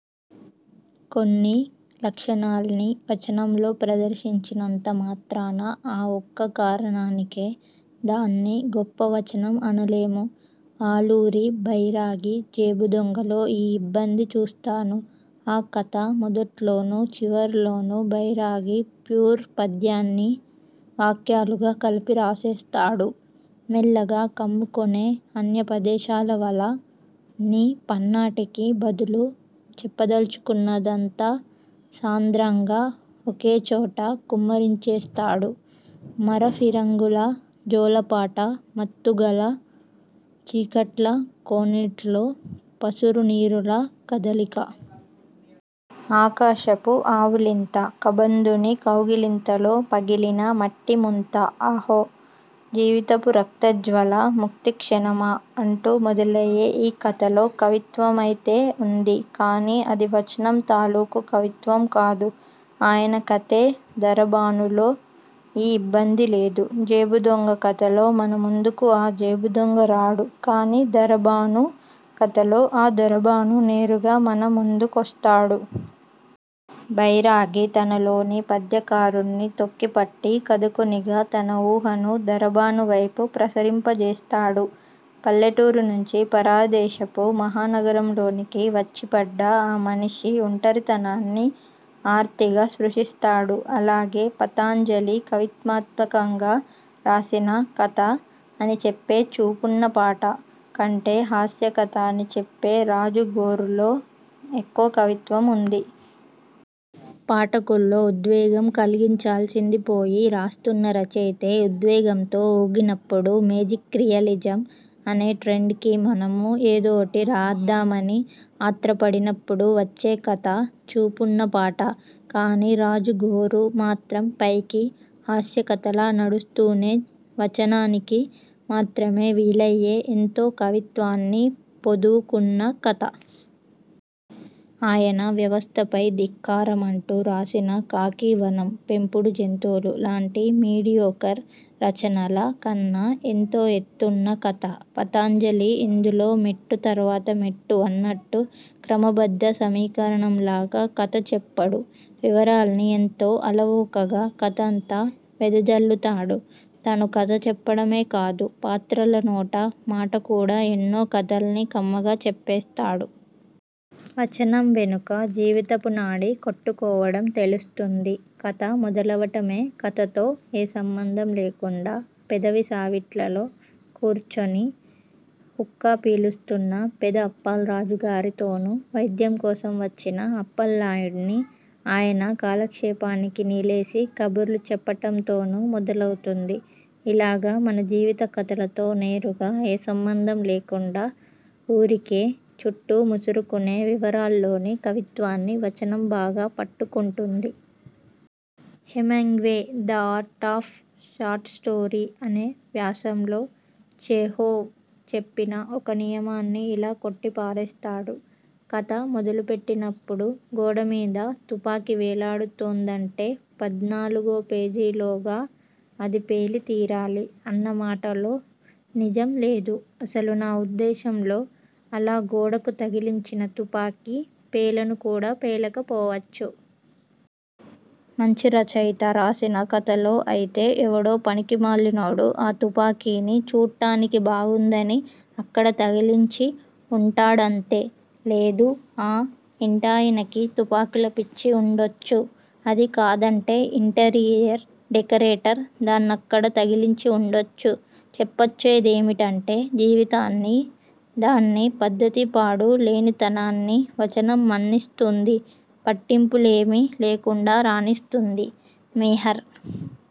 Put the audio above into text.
కొన్ని లక్షణాల్ని వచనంలో ప్రదర్శించినంత మాత్రాన, ఆ ఒక్క కారణానికే దాన్ని గొప్ప వచనం అనలేము. ఆలూరి బైరాగి 'జేబుదొంగ'లో ఈ ఇబ్బంది చూస్తాను. ఆ కథ మొదట్లోనూ చివర్లోనూ బైరాగి ప్యూర్ పద్యాన్ని వాక్యాలుగా కలిపి రాసేస్తాడు. ''మెల్లగా కమ్ముకొనే అన్యాపదేశాల వల''ని పన్నటానికి బదులు, చెప్పదల్చుకున్నదంతా సాంద్రంగా ఒకేచోట కుమ్మరించేస్తాడు ''మరఫిరంగుల జోలపాట, మత్తుగల చీకట్ల కోనేట్లో పసరునీరుల కదలిక. ఆకాశపు ఆవులింత. కబంధుని కౌగిలింతలో పగిలిన మట్టిముంత. అహో! జీవితపు రక్తోజ్వల ముక్తిక్షణమా'' అంటూ మొదలయ్యే ఈ కథలో కవిత్వమైతే ఉంది, కానీ అది వచనం తాలూకు కవిత్వం కాదు. ఆయన కథే 'దరబాను'లో ఈ ఇబ్బంది లేదు. 'జేబుదొంగ' కథలో మన ముందుకు ఆ జేబుదొంగ రాడు, కానీ 'దరబాను' కథలో ఆ దరబాను నేరుగా మన ముందుకొస్తాడు. బైరాగి తనలోని పద్యకారుడ్ని తొక్కిపట్టి, కథకునిగా తన ఊహను దరబాను వైపు ప్రసరింపజేస్తాడు. పల్లెటూరి నుంచి పరాయి దేశపు మహా నగరంలోనికి వచ్చిపడ్డ ఆ మనిషి ఒంటరితనాన్ని ఆర్తిగా స్పృశిస్తాడు. అలాగే పతంజలి కవితాత్మకంగా రాసిన కథ అని చెప్పే 'చూపున్న పాట' కంటే, హాస్య కథ అని చెప్పే 'రాజుగోరు'లో ఎక్కువ కవిత్వం ఉంది. పాఠకుల్లో ఉద్వేగం కలిగించాల్సింది పోయి రాస్తున్న రచయితే ఉద్వేగంతో ఊగినప్పుడూ, మేజిక్రియలిజం అనే ట్రెండ్ కి మనమూ ఏదోటి రాద్దామని ఆత్రపడినప్పుడూ వచ్చే కథ 'చూపున్న పాట'. కానీ 'రాజుగోరు' మాత్రం పైకి హాస్య కథలా నడుస్తూనే, వచనానికి మాత్రమే వీలయ్యే ఎంతో కవిత్వాన్ని పొదువుకున్న కథ. ఆయన వ్యవస్థపై ధిక్కారమంటూ రాసిన 'ఖాకీవనం', 'పెంపుడు జంతువులు' లాంటి మీడియోకర్ రచనల కన్నా ఎంతో ఎత్తు నున్న కథ. పతంజలి ఇందులో మెట్టు తర్వాత మెట్టు అన్నట్టు క్రమబద్ధ సమీకరణంలాగ కథ చెప్పడు. వివరాల్ని ఎంతో అలవోకగా కథంతా వెదజల్లుతాడు. తను కథ చెప్పటమే కాదు, పాత్రల నోట మాట కూడా ఎన్నో కథల్ని కమ్మగా చెప్పేసాడు. వచనం వెనుక జీవితపు నాడి కొట్టుకోవడం తెలుస్తుంది. కథ మొదలవటమే, కథతో ఏ సంబంధమూ లేకుండా పెదసావిట్లో కూర్చుని హుక్కా పీలుస్తున్న పెద అప్పల్రాజు గారితోనూ, వైద్యం కోసం వచ్చిన అప్పల్నాయుడ్ని ఆయన కాలక్షేపానికి నిలేసి కబుర్లు చెప్పటంతోనూ మొదలవుతుంది. ఇలాగ మన జీవిత కథలతో నేరుగా ఏ సంబంధమూ లేకుండా ఊరకే చుట్టూ ముసురుకునే వివరాల్లోని కవిత్వాన్ని వచనం బాగా పట్టుకుంటుంది. Hemingway 'the art of short story' అనే వ్యాసంలో చెహోవ్ చెప్పిన ఒక నియమాన్ని ఇలా కొట్టిపారేస్తాడు కథ మొదలుపెట్టినప్పుడు గోడ మీద తుపాకీ వేలాడుతోందంటే పద్నాలుగో పేజీలోగా అది పేలి తీరాలీ అన్న మాటలో నిజం లేదు. అసలు నా ఉద్దేశంలో, అలా గోడకు తగిలించిన తుపాకీ పేలను కూడా పేలకపోవచ్చు. మంచి రచయిత రాసిన కథలో ఐతే ఎవడో పనికిమాలినోడు ఆ తుపాకీని చూట్టానికి బాగుందని అక్కడ తగిలించి ఉంటాడంతే. లేదూ ఆ ఇంటాయనకి తుపాకుల పిచ్చి ఉండొచ్చు. అదీ కాదంటే, ఇంటీరియర్ డెకరేటర్ దాన్నక్కడ తగిలించి వుండొచ్చు. చెప్పొచ్చేదేమిటంటే జీవితాన్నీ, దాని పద్ధతీపాడూ లేనితనాన్నీ వచనం మన్నిస్తుంది, పట్టింపులేమీ లేకుండా రానిస్తుంది. మెహెర్